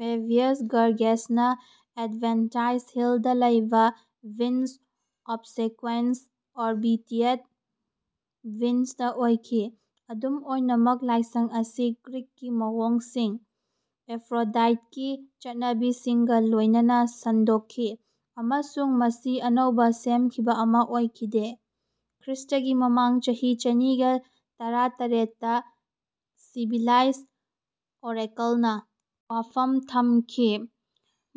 Fabius ꯒꯔꯒꯦꯁꯅ Aventine ꯍꯤꯜꯗ ꯂꯩꯕ Venus ꯑꯣꯕꯁꯦꯀ꯭ꯋꯦꯟꯁ (obedient ꯚꯤꯅꯁ)ꯗ ꯑꯣꯏꯈꯤ꯫ ꯑꯗꯨꯝ ꯑꯣꯏꯅꯃꯛ, ꯂꯥꯏꯁꯪ ꯑꯁꯤ ꯒ꯭ꯔꯤꯛꯀꯤ ꯃꯑꯣꯡꯁꯤꯡ (ꯑꯦꯐ꯭ꯔꯣꯗꯥꯏꯠꯀꯤ ꯆꯠꯅꯕꯤꯁꯤꯡ)ꯒ ꯂꯣꯏꯅꯅ ꯁꯟꯗꯣꯛꯈꯤ ꯑꯃꯁꯨꯡ ꯃꯁꯤ ꯑꯅꯧꯕ ꯁꯦꯝꯈꯤꯕ ꯑꯃ ꯑꯣꯏꯈꯤꯗꯦ꯫ ꯈ꯭ꯔꯤꯁ꯭ꯇꯒꯤ ꯃꯃꯥꯡ ꯆꯍꯤ ꯆꯅꯤꯒꯥ ꯇꯔꯥꯇꯔꯦꯠꯇ ꯁꯤꯕꯤꯂꯥꯏꯟ ꯑꯣꯔꯦꯀꯜꯅ ꯋꯥꯐꯝ ꯊꯝꯈꯤ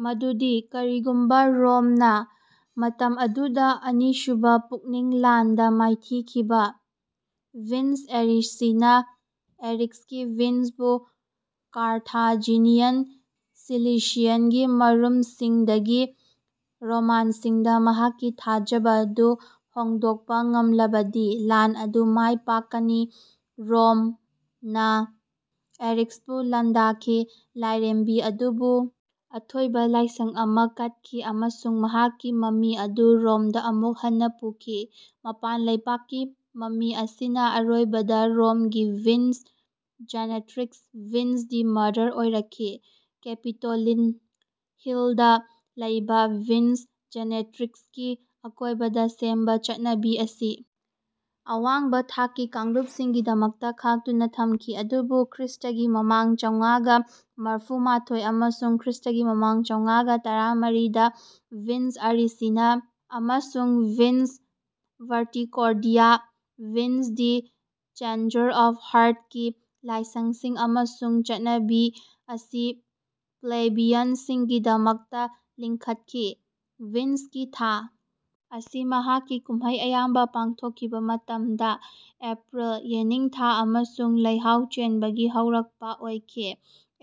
ꯃꯗꯨꯗꯤ ꯀꯔꯤꯒꯨꯝꯕ ꯔꯣꯝꯅ (ꯃꯇꯝ ꯑꯗꯨꯗ ꯑꯅꯤꯁꯨꯕ ꯄꯨꯅꯤꯛ ꯂꯥꯟꯗ ꯃꯥꯏꯊꯤꯈꯤꯕ) ꯚꯤꯅꯁ ꯑꯦꯔꯤꯁꯤꯅꯥ (ꯑꯦꯔꯤꯛꯁꯀꯤ ꯚꯤꯅꯁ)ꯕꯨ ꯀꯥꯔꯊꯥꯖꯤꯅꯤꯌꯟ ꯁꯤꯂꯤꯁꯤꯌꯟꯒꯤ ꯃꯔꯨꯞꯁꯤꯡꯗꯒꯤ ꯔꯣꯃꯥꯟꯁꯤꯡꯗ ꯃꯍꯥꯛꯀꯤ ꯊꯥꯖꯕ ꯑꯗꯨ ꯍꯣꯡꯗꯣꯛꯄ ꯉꯝꯂꯕꯗꯤ ꯂꯥꯟ ꯑꯗꯨ ꯃꯥꯏ ꯄꯥꯛꯀꯅꯤ꯫ ꯔꯣꯝꯅ ꯑꯦꯔꯤꯛꯁꯄꯨ ꯂꯥꯟꯗꯥꯈꯤ, ꯂꯥꯏꯔꯦꯝꯕꯤ ꯑꯗꯨꯕꯨ ꯑꯊꯣꯏꯕ ꯂꯥꯏꯁꯪ ꯑꯃ ꯀꯠꯈꯤ, ꯑꯃꯁꯨꯡ ꯃꯍꯥꯛꯀꯤ ꯃꯃꯤ ꯑꯗꯨ ꯔꯣꯝꯗ ꯑꯃꯨꯛ ꯍꯟꯅ ꯄꯨꯈꯤ꯫ ꯃꯄꯥꯟ ꯂꯩꯕꯥꯛꯀꯤ ꯃꯃꯤ ꯑꯁꯤꯅ ꯑꯔꯣꯏꯕꯗ ꯔꯣꯝꯒꯤ Venus Genetrix (Venus the mother) ꯑꯣꯏꯔꯛꯈꯤ꯫ ꯀꯦꯄꯤꯇꯣꯂꯤꯟ ꯍꯤꯜꯗ ꯂꯩꯕ ꯚꯤꯅꯁ ꯖꯦꯅꯦꯇ꯭ꯔꯤꯛꯁꯀꯤ ꯑꯀꯣꯏꯕꯗ ꯁꯦꯝꯕ ꯆꯠꯅꯕꯤ ꯑꯁꯤ ꯑꯋꯥꯡꯕ ꯊꯥꯛꯀꯤ ꯀꯥꯡꯂꯨꯞꯁꯤꯡꯒꯤꯗꯃꯛꯇ ꯈꯥꯛꯇꯨꯅ ꯊꯝꯈꯤ, ꯑꯗꯨꯕꯨ ꯈ꯭ꯔꯤꯁ꯭ꯇꯒꯤ ꯃꯃꯥꯡ ꯆꯥꯝꯃꯥꯒ ꯃꯔꯐꯨꯃꯥꯊꯣꯏ ꯑꯃꯁꯨꯡ ꯈ꯭ꯔꯤꯁ꯭ꯇꯒꯤ ꯃꯃꯥꯡ ꯆꯥꯝꯃꯥꯒ ꯇꯔꯥꯃꯔꯤꯗ ꯚꯤꯅꯁ ꯑꯦꯔꯤꯁꯤꯅꯥ ꯑꯃꯁꯨꯡ Venus Verticordia (Venus the changer of ꯍꯥꯔ꯭ꯠꯁ)ꯒꯤ ꯂꯥꯏꯁꯪꯁꯤꯡ ꯑꯃꯁꯨꯡ ꯆꯠꯅꯕꯤ ꯑꯁꯤ ꯄ꯭ꯂꯦꯕꯤꯌꯟꯁꯤꯡꯒꯤꯗꯃꯛꯇ ꯂꯤꯡꯈꯠꯈꯤ꯫ ꯚꯤꯅꯁꯀꯤ ꯊꯥ ꯑꯁꯤ ꯃꯍꯥꯛꯀꯤ ꯀꯨꯝꯍꯩ ꯑꯌꯥꯝꯕ ꯄꯥꯡꯊꯣꯛꯈꯤꯕ ꯃꯇꯝꯗ ꯑꯦꯄ꯭ꯔꯤꯜ (ꯌꯦꯅꯤꯡꯊꯥ ꯑꯃꯁꯨꯡ ꯂꯩꯍꯥꯎ ꯆꯦꯟꯕꯒꯤ ꯍꯧꯔꯛꯄ) ꯑꯣꯏꯈꯤ꯫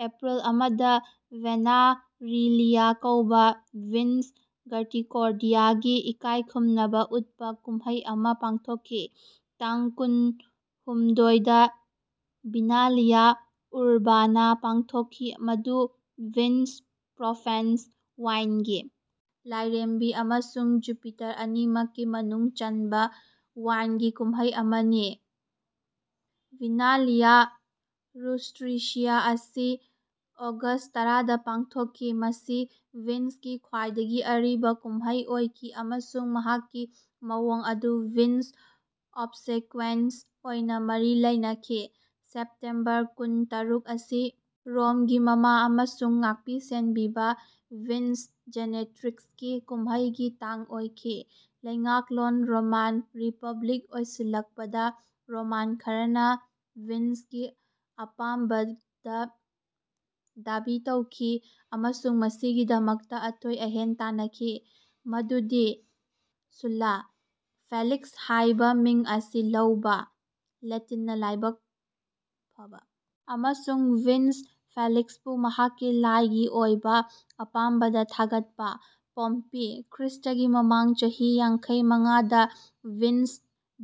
ꯑꯦꯄ꯭ꯔꯤꯜ ꯑꯃꯗ ꯚꯦꯅꯦꯔꯥꯂꯤꯌꯥ ꯀꯧꯕ ꯚꯤꯅꯁ ꯚꯔꯇꯤꯀꯣꯔꯗꯤꯌꯥꯒꯤ ꯏꯀꯥꯏꯈꯨꯝꯅꯕ ꯎꯠꯄ ꯀꯨꯝꯍꯩ ꯑꯃ ꯄꯥꯡꯊꯣꯛꯈꯤ꯫ ꯇꯥꯡ ꯀꯨꯟꯍꯨꯝꯗꯣꯏꯗ ꯚꯤꯅꯥꯂꯤꯌꯥ ꯎꯔꯕꯥꯅꯥ ꯄꯥꯡꯊꯣꯛꯈꯤ ꯃꯗꯨ ꯚꯤꯅꯁ (ꯄ꯭ꯔꯣꯐꯦꯟ ꯋꯥꯏꯟꯒꯤ ꯂꯥꯏꯔꯦꯝꯕꯤ) ꯑꯃꯁꯨꯡ ꯖꯨꯄꯤꯇꯔ ꯑꯅꯤꯃꯛꯀꯤ ꯃꯅꯨꯡ ꯆꯟꯕ ꯋꯥꯏꯟꯒꯤ ꯀꯨꯝꯍꯩ ꯑꯃꯅꯤ꯫ ꯚꯤꯅꯥꯂꯤꯌꯥ ꯔꯨꯁ꯭ꯇꯤꯁꯤꯌꯥ ꯑꯁꯤ ꯑꯣꯒꯁ꯭ꯠ ꯇꯔꯥꯗ ꯄꯥꯡꯊꯣꯛꯈꯤ꯫ ꯃꯁꯤ ꯚꯤꯅꯁꯀꯤ ꯈ꯭ꯋꯥꯏꯗꯒꯤ ꯑꯔꯤꯕ ꯀꯨꯝꯍꯩ ꯑꯣꯏꯈꯤ ꯑꯃꯁꯨꯡ ꯃꯍꯥꯛꯀꯤ ꯃꯑꯣꯡ ꯑꯗꯨ ꯚꯤꯅꯁ ꯑꯣꯕꯁꯦꯀ꯭ꯋꯦꯟꯁ ꯑꯣꯏꯅ ꯃꯔꯤ ꯂꯩꯅꯈꯤ꯫ ꯁꯦꯞꯇꯦꯝꯕꯔ ꯀꯨꯟꯇꯔꯨꯛ ꯑꯁꯤ ꯔꯣꯝꯒꯤ ꯃꯃꯥ ꯑꯃꯁꯨꯡ ꯉꯥꯛꯄꯤ-ꯁꯦꯟꯕꯤꯕ ꯚꯤꯅꯁ ꯖꯦꯅꯦꯇ꯭ꯔꯤꯛꯁꯀꯤ ꯀꯨꯝꯍꯩꯒꯤ ꯇꯥꯡ ꯑꯣꯏꯈꯤ꯫ ꯂꯩꯉꯥꯛꯂꯣꯟ ꯔꯣꯃꯥꯟ ꯔꯤꯄꯕ꯭ꯂꯤꯛ ꯂꯣꯏꯁꯤꯜꯂꯛꯄꯗ, ꯔꯣꯃꯥꯟ ꯈꯔꯅ ꯚꯤꯅꯁꯀꯤ ꯑꯄꯥꯝꯕꯗ ꯗꯥꯕꯤ ꯇꯧꯈꯤ ꯑꯃꯁꯨꯡ ꯃꯁꯤꯒꯤꯗꯃꯛꯇ ꯑꯊꯣꯏ-ꯑꯍꯦꯟ ꯇꯥꯟꯅꯈꯤ, ꯃꯗꯨꯗꯤ ꯁꯨꯜꯂꯥ (ꯐꯦꯂꯤꯛꯁ ꯍꯥꯏꯕ ꯃꯤꯡ ꯑꯁꯤ ꯂꯧꯕ, ꯂꯦꯇꯤꯟꯅ ꯂꯥꯏꯕꯛ ꯐꯕ, ꯑꯃꯁꯨꯡ ꯚꯤꯅꯁ ꯐꯦꯂꯤꯛꯁꯄꯨ ꯃꯍꯥꯛꯀꯤ ꯂꯥꯏꯒꯤ ꯑꯣꯏꯕ ꯑꯄꯥꯝꯕꯗ ꯊꯥꯒꯠꯄ), ꯄꯣꯝꯄꯤ (ꯈ꯭ꯔꯤꯁꯇꯒꯤ ꯃꯃꯥꯡ ꯆꯍꯤ ꯌꯥꯡꯈꯩꯃꯉꯥꯗ ꯚꯤꯅꯁ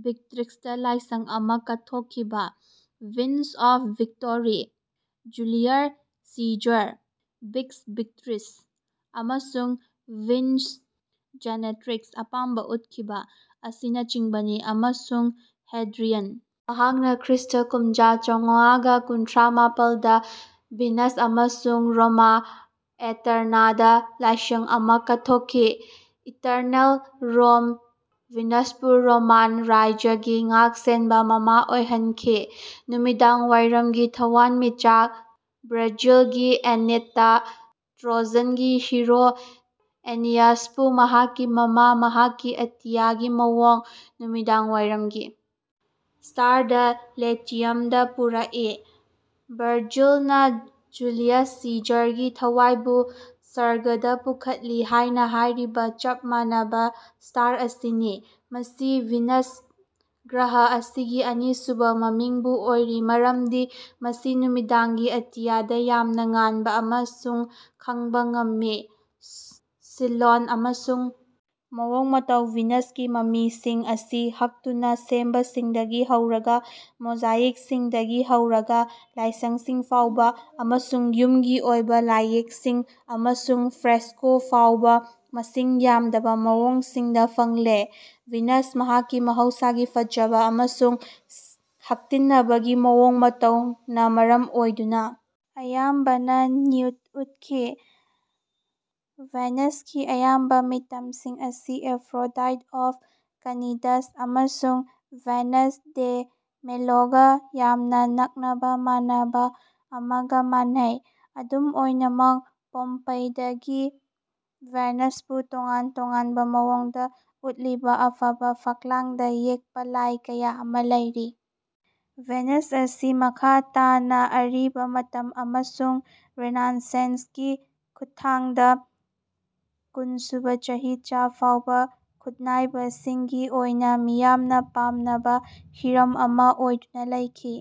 ꯚꯤꯛꯇ꯭ꯔꯤꯛꯁꯇ ꯂꯥꯏꯁꯪ ꯑꯃ ꯀꯠꯊꯣꯛꯈꯤꯕ- Venus of victory), Julius Caesar (Venus Victrix ꯑꯃꯁꯨꯡ ꯚꯤꯅꯁ ꯖꯦꯅꯦꯇ꯭ꯔꯤꯛꯁꯇ ꯑꯄꯥꯝꯕ ꯎꯠꯈꯤꯕ), ꯑꯁꯤꯅꯆꯤꯡꯕꯅꯤ꯫ ꯑꯃꯁꯨꯡ ꯍꯦꯗ꯭ꯔꯤꯌꯟ (ꯃꯍꯥꯛꯅ ꯈ꯭ꯔꯤꯁ꯭ꯠ ꯀꯨꯃꯖꯥ ꯆꯥꯝꯃꯥꯒ ꯀꯨꯟꯊ꯭ꯔꯥꯃꯥꯄꯜꯗ ꯚꯤꯅꯁ ꯑꯃꯁꯨꯡ ꯔꯣꯃꯥ ꯑꯦꯇꯔꯅꯥꯗ ꯂꯥꯏꯁꯪ ꯑꯃ ꯀꯠꯊꯣꯛꯈꯤ ꯏꯇꯔꯅꯦꯜ ꯔꯣꯝ ꯚꯤꯅꯁꯄꯨ ꯔꯣꯃꯥꯟ ꯔꯥꯖ꯭ꯌꯒꯤ ꯉꯥꯛꯁꯦꯟꯕ ꯃꯃꯥ ꯑꯣꯏꯍꯟꯈꯤ꯫ ꯅꯨꯃꯤꯗꯥꯡꯋꯥꯏꯔꯝꯒꯤ ꯊꯋꯥꯟꯃꯤꯆꯥꯛ ꯚꯔꯖꯤꯜꯒꯤ ꯑꯦꯅꯤꯠꯇ, ꯇ꯭ꯔꯣꯖꯟꯒꯤ ꯍꯤꯔꯣ ꯑꯦꯅꯤꯌꯥꯁꯄꯨ ꯃꯍꯥꯛꯀꯤ ꯃꯃꯥꯅ ꯃꯍꯥꯛꯀꯤ ꯑꯇꯤꯌꯥꯒꯤ ꯃꯑꯣꯡ: ꯅꯨꯃꯤꯗꯥꯡꯋꯥꯏꯔꯝꯒꯤ ꯁ꯭ꯇꯥꯔꯗ ꯂꯦꯇꯤꯌꯝꯗ ꯄꯨꯔꯛꯏ꯫ ꯚꯔꯖꯤꯜꯅ ꯖꯨꯂꯤꯌꯁ ꯁꯤꯖꯔꯒꯤ ꯊꯋꯥꯏꯕꯨ ꯁꯔꯒꯗꯥ ꯄꯨꯈꯠꯂꯤ ꯍꯥꯏꯅ ꯍꯥꯏꯔꯤꯕ ꯆꯞ ꯃꯥꯟꯅꯕ ꯁ꯭ꯇꯥꯔ ꯑꯁꯤꯅꯤ꯫ ꯃꯁꯤ ꯚꯤꯅꯁ ꯒ꯭ꯔꯍ ꯑꯁꯤꯒꯤ ꯑꯅꯤꯁꯨꯕ ꯃꯃꯤꯡꯁꯨ ꯑꯣꯏꯔꯤ ꯃꯔꯝꯗꯤ ꯃꯁꯤ ꯅꯨꯃꯤꯗꯥꯡꯒꯤ ꯑꯇꯤꯌꯥꯗ ꯌꯥꯝꯅ ꯉꯥꯟꯕ ꯑꯃꯁꯨꯡ ꯈꯪꯕ ꯉꯝꯃꯤ꯫ ꯁꯤꯟꯂꯣꯟ ꯑꯃꯁꯨꯡ ꯃꯑꯣꯡ ꯃꯇꯧ ꯚꯤꯅꯁꯀꯤ ꯃꯃꯤꯁꯤꯡ ꯑꯁꯤ ꯍꯛꯇꯨꯅ ꯁꯦꯝꯕꯁꯤꯡꯗꯒꯤ ꯍꯧꯔꯒ ꯃꯣꯖꯥꯏꯛꯁꯤꯡꯗꯒꯤ ꯍꯧꯔꯒ ꯂꯥꯏꯁꯪꯁꯤꯡ ꯐꯥꯎꯕ ꯑꯃꯁꯨꯡ ꯌꯨꯝꯒꯤ ꯑꯣꯏꯕ ꯂꯥꯏꯌꯦꯛꯁꯤꯡ ꯑꯃꯁꯨꯡ ꯐ꯭ꯔꯦꯁꯀꯣ ꯐꯥꯎꯕ ꯃꯁꯤꯡ ꯌꯥꯝꯗꯕ ꯃꯑꯣꯡꯁꯤꯡꯗ ꯐꯪꯂꯦ꯫ ꯚꯤꯅꯁ, ꯃꯍꯥꯛꯀꯤ ꯃꯍꯧꯁꯥꯒꯤ ꯐꯖꯕ ꯑꯃꯁꯨꯡ ꯍꯛꯇꯤꯟꯅꯕꯒꯤ ꯃꯑꯣꯡ ꯃꯇꯧꯅ ꯃꯔꯝ ꯑꯣꯏꯗꯨꯅ ꯑꯌꯥꯝꯕꯅ ꯅ꯭ꯌꯨꯗ ꯎꯠꯈꯤ꯫ ꯚꯤꯅꯁꯀꯤ ꯑꯌꯥꯝꯕ ꯃꯤꯇꯝꯁꯤꯡ ꯑꯁꯤ ꯑꯦꯐ꯭ꯔꯣꯗꯥꯏꯠ ꯑꯣꯐ ꯀ꯭ꯅꯤꯗꯁ ꯑꯃꯁꯨꯡ ꯚꯤꯅꯁ ꯗꯦ ꯃꯤꯂꯣꯒ ꯌꯥꯝꯅ ꯅꯛꯅꯕ ꯃꯥꯟꯅꯕ ꯑꯃꯒ ꯃꯥꯟꯅꯩ꯫ ꯑꯗꯨꯝ ꯑꯣꯏꯅꯃꯛ, ꯄꯣꯝꯄꯩꯗꯒꯤ ꯚꯤꯅꯁꯄꯨ ꯇꯣꯉꯥꯟ-ꯇꯣꯉꯥꯟꯕ ꯃꯑꯣꯡꯗ ꯎꯠꯂꯤꯕ ꯑꯐꯕ ꯐꯛꯂꯥꯡꯗ ꯌꯦꯛꯄ ꯂꯥꯏ ꯀꯌꯥ ꯑꯃ ꯂꯩꯔꯤ꯫ ꯚꯤꯅꯁ ꯑꯁꯤ ꯃꯈꯥ ꯇꯥꯅ ꯑꯔꯤꯕ ꯃꯇꯝ ꯑꯃꯁꯨꯡ ꯔꯦꯅꯦꯁꯥꯟꯁꯀꯤ ꯈꯨꯠꯊꯥꯡꯗ ꯀꯨꯟꯁꯨꯕ ꯆꯍꯤꯆꯥ ꯐꯥꯎꯕ ꯈꯨꯠꯅꯥꯏꯕꯁꯤꯡꯒꯤ ꯑꯣꯏꯅ ꯃꯤꯌꯥꯝꯅ ꯄꯥꯝꯅꯕ ꯍꯤꯔꯝ ꯑꯃ ꯑꯣꯏꯗꯨꯅ ꯂꯩꯈꯤ꯫